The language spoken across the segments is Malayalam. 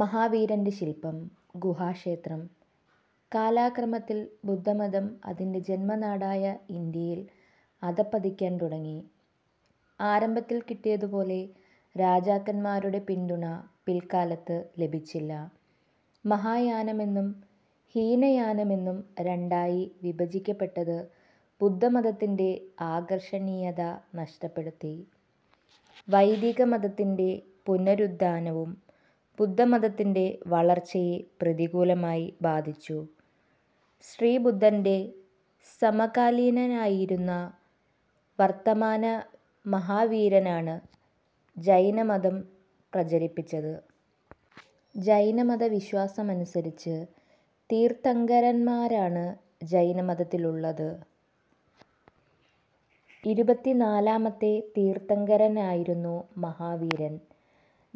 മഹാവീരന്റെ ശിൽപം. ഗുഹാക്ഷേത്രം. കാലക്രമത്തിൽ ബുദ്ധമതം അതിന്റെ ജന്മനാടായ ഇന്ത്യയിൽ അധപ്പതിക്കാൻ തുടങ്ങി. ആരംഭത്തിൽ കിട്ടിയതുപോലെ രാജാക്കന്മാരുടെ പിന്തുണ പിൽക്കാലത്ത് ലഭിച്ചില്ല. മഹായാനമെന്നും ഹീനയാനമെന്നും രണ്ടായി വിഭജിക്കപ്പെട്ടത് ബുദ്ധമതത്തിന്റെ ആകർഷണീയത നഷ്ടപ്പെടുത്തി. വൈദികമതത്തിന്റെ പുനരുത്ഥാനവും ബുദ്ധ മതത്തിന്റെ വളർച്ചയെ പ്രതികൂലമായി ബാധിച്ചു. ശ്രീബുദ്ധന്റെ സമകാലീനനായിരുന്ന വർദ്ധമാന മഹാവീരനാണ് ജൈനമതം പ്രചരിപ്പിച്ചത്. ജൈനമതവിശ്വാസമനുസരിച്ച് തീർത്ഥങ്കരന്മാരാണ് ജൈനമതത്തിലുള്ളത്. ഇരുപത്തിനാലാമത്തെ തീർത്ഥങ്കരനായിരുന്നു മഹാവീരൻ.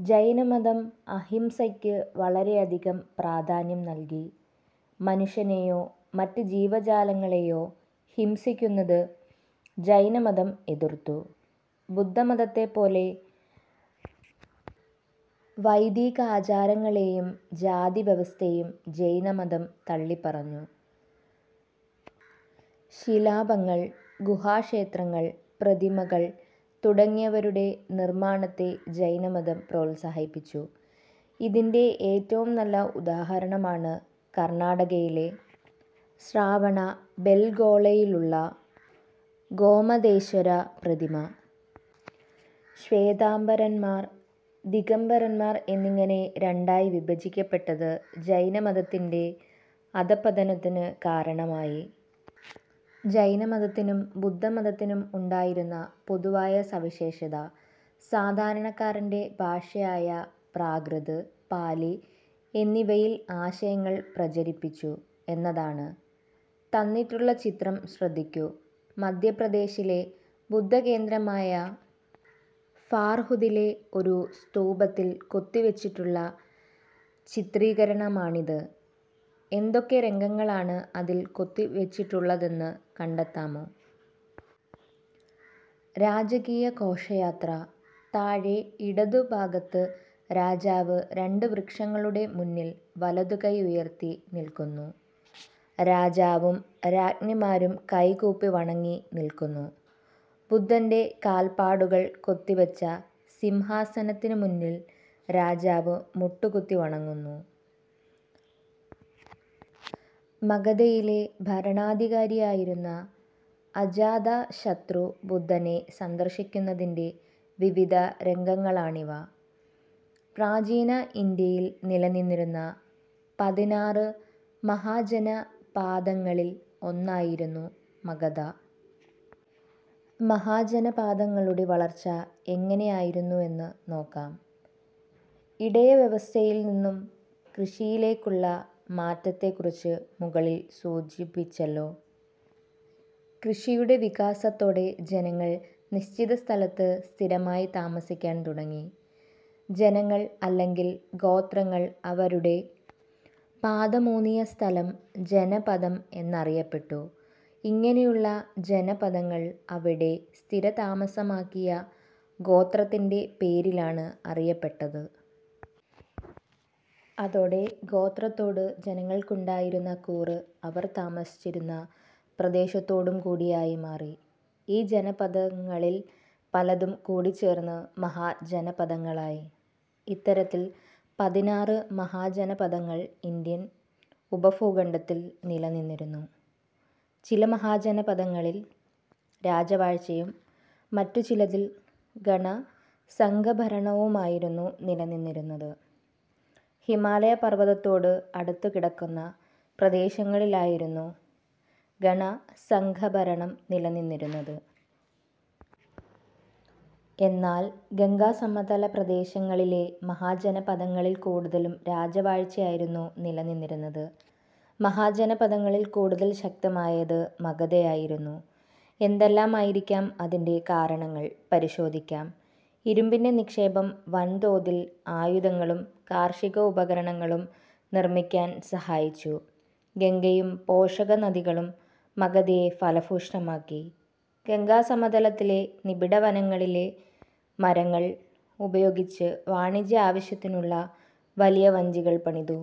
ജൈനമതം അഹിംസയ്ക്ക് വളരെയധികം പ്രാധാന്യം നൽകി. മനുഷ്യനെയോ മറ്റ് ജീവജാലങ്ങളെയോ ഹിംസിക്കുന്നത് ജൈനമതം എതിർത്തു. ബുദ്ധമതത്തെപ്പോലെ വൈദികാചാരങ്ങളെയും ജാതിവ്യവസ്ഥയെയും ജൈനമതം തള്ളിപ്പറഞ്ഞു. ശിലാപങ്ങൾ, ഗുഹാ ക്ഷേത്രങ്ങൾ, പ്രതിമകൾ തുടങ്ങിയവയുടെ നിർമാണത്തെ ജൈന മതം പ്രോത്സാഹിപ്പിച്ചു. ഇതിന്റെ ഏറ്റവും നല്ല ഉദാഹരണമാണ് കർണാടകയിലെ ശ്രാവണബെൽഗോളയിലുള്ള ഗോമതേശ്വര പ്രതിമ. ശ്വേതാംബരന്മാർ, ദിഗംബരന്മാർ എന്നിങ്ങനെ രണ്ടായി വിഭജിക്കപ്പെട്ടത് ജൈനമതത്തിന്റെ അധപ്പതനത്തിന് കാരണമായി. ജൈനമതത്തിനും ബുദ്ധമതത്തിനും ഉണ്ടായിരുന്ന പൊതുവായ സവിശേഷത സാധാരണക്കാരന്റെ ഭാഷയായ പ്രാകൃത്, പാലി എന്നിവയിൽ ആശയങ്ങൾ പ്രചരിപ്പിച്ചു എന്നതാണ്. തന്നിട്ടുള്ള ചിത്രം ശ്രദ്ധിക്കൂ. മധ്യപ്രദേശിലെ ബുദ്ധ കേന്ദ്രമായ ഭാർഹുതിലെ ഒരു സ്തൂപത്തിൽ കൊത്തിവച്ചിട്ടുള്ള ചിത്രീകരണമാണിത്. ഏതൊക്കെ രംഗങ്ങളാണ് അതിൽ കൊത്തിവച്ചിട്ടുള്ളതെന്ന് കണ്ടത്താമോ? രാജകീയ ഘോഷയാത്ര താഴെ ഇടതുഭാഗത്ത് രാജാവ് രണ്ട് വൃക്ഷങ്ങളുടെ മുന്നിൽ വലതുകൈ ഉയർത്തി നിൽക്കുന്നു. രാജാവും രാജ്ഞിമാരും കൈകൂപ്പി വണങ്ങി നിൽക്കുന്നു.. ബുദ്ധന്റെ കാൽപ്പാടുകൾ കൊത്തിവച്ച സിംഹാസനത്തിന് മുന്നിൽ രാജാവ് മുട്ടുകുത്തി വണങ്ങുന്നു.. മഗധയിലെ ഭരണാധികാരിയായിരുന്ന അജാതശത്രു ബുദ്ധനെ സന്ദർശിക്കുന്നതിന്റെ വിവിധ രംഗങ്ങളാണിവ. പ്രാചീന ഇന്ത്യയിൽ നിലനിന്നിരുന്ന പതിനാറ് മഹാജനപാദങ്ങളിൽ ഒന്നായിരുന്നു മഗധ. മഹാജനപാദങ്ങളുടെ വളർച്ച എങ്ങനെയായിരുന്നുവെന്ന് നോക്കാം. ഇടയവ്യവസ്ഥയിൽ നിന്നും കൃഷിയിലേക്കുള്ള മാറ്റത്തെക്കുറിച്ച് മുകളിൽ സൂചിപ്പിച്ചല്ലോ. കൃഷിയുടെ വികാസത്തോടെ ജനങ്ങൾ നിശ്ചിത സ്ഥലത്ത് സ്ഥിരമായി താമസിക്കാൻ തുടങ്ങി. ജനങ്ങൾ അല്ലെങ്കിൽ ഗോത്രങ്ങൾ അവരുടെ പാദമൂന്നിയ സ്ഥലം ജനപദം എന്നറിയപ്പെട്ടു. ഇങ്ങനെയുള്ള ജനപദങ്ങൾ അവിടെ സ്ഥിരതാമസമാക്കിയ ഗോത്രത്തിന്റെ പേരിലാണ് അറിയപ്പെട്ടത്. അതോടെ ഗോത്രത്തോട് ജനങ്ങൾക്കുണ്ടായിരുന്ന കൂറ് അവർ താമസിചിരുന്ന പ്രദേശത്തോടും കൂടിയായി മാറി. ഈ ജനപദങ്ങളിൽ പലതും കൂടിച്ചേർന്ന് മഹാജനപദങ്ങളായി. ഇത്തരത്തിൽ പതിനാറ് മഹാജനപദങ്ങൾ ഇന്ത്യൻ ഉപഭൂഖണ്ഡത്തിൽ നിലനിന്നിരുന്നു. ചില മഹാജനപദങ്ങളിൽ രാജവാഴ്ചയും മറ്റു ചിലതിൽ ഗണസംഘഭരണവുമായിരുന്നു നിലനിന്നിരുന്നത്. ഹിമാലയ പർവതത്തോട് അടുത്തുകിടക്കുന്ന പ്രദേശങ്ങളിലായിരുന്നു ഗണ സംഘഭരണം നിലനിന്നിരുന്നത്. എന്നാൽ ഗംഗാസമതല പ്രദേശങ്ങളിലെ മഹാജനപദങ്ങളിൽ കൂടുതലും രാജവാഴ്ചയായിരുന്നു നിലനിന്നിരുന്നത്. മഹാജനപദങ്ങളിൽ കൂടുതൽ ശക്തമായത് മഗധയായിരുന്നു. എന്തെല്ലാമായിരിക്കാം അതിന്റെ കാരണങ്ങൾ? പരിശോധിക്കാം. ഇരുമ്പിന്റെ നിക്ഷേപം വൻതോതിൽ ആയുധങ്ങളും കാർഷിക ഉപകരണങ്ങളും നിർമിക്കാൻ സഹായിച്ചു. ഗംഗയും പോഷകനദികളും മഗധയെ ഫലഭൂയിഷ്ഠമാക്കി. ഗംഗാസമതലത്തിലെ നിബിഡ വനങ്ങളിലെ മരങ്ങൾ ഉപയോഗിച്ച് വാണിജ്യ ആവശ്യത്തിനുള്ള വലിയ വഞ്ചികൾ പണിതു.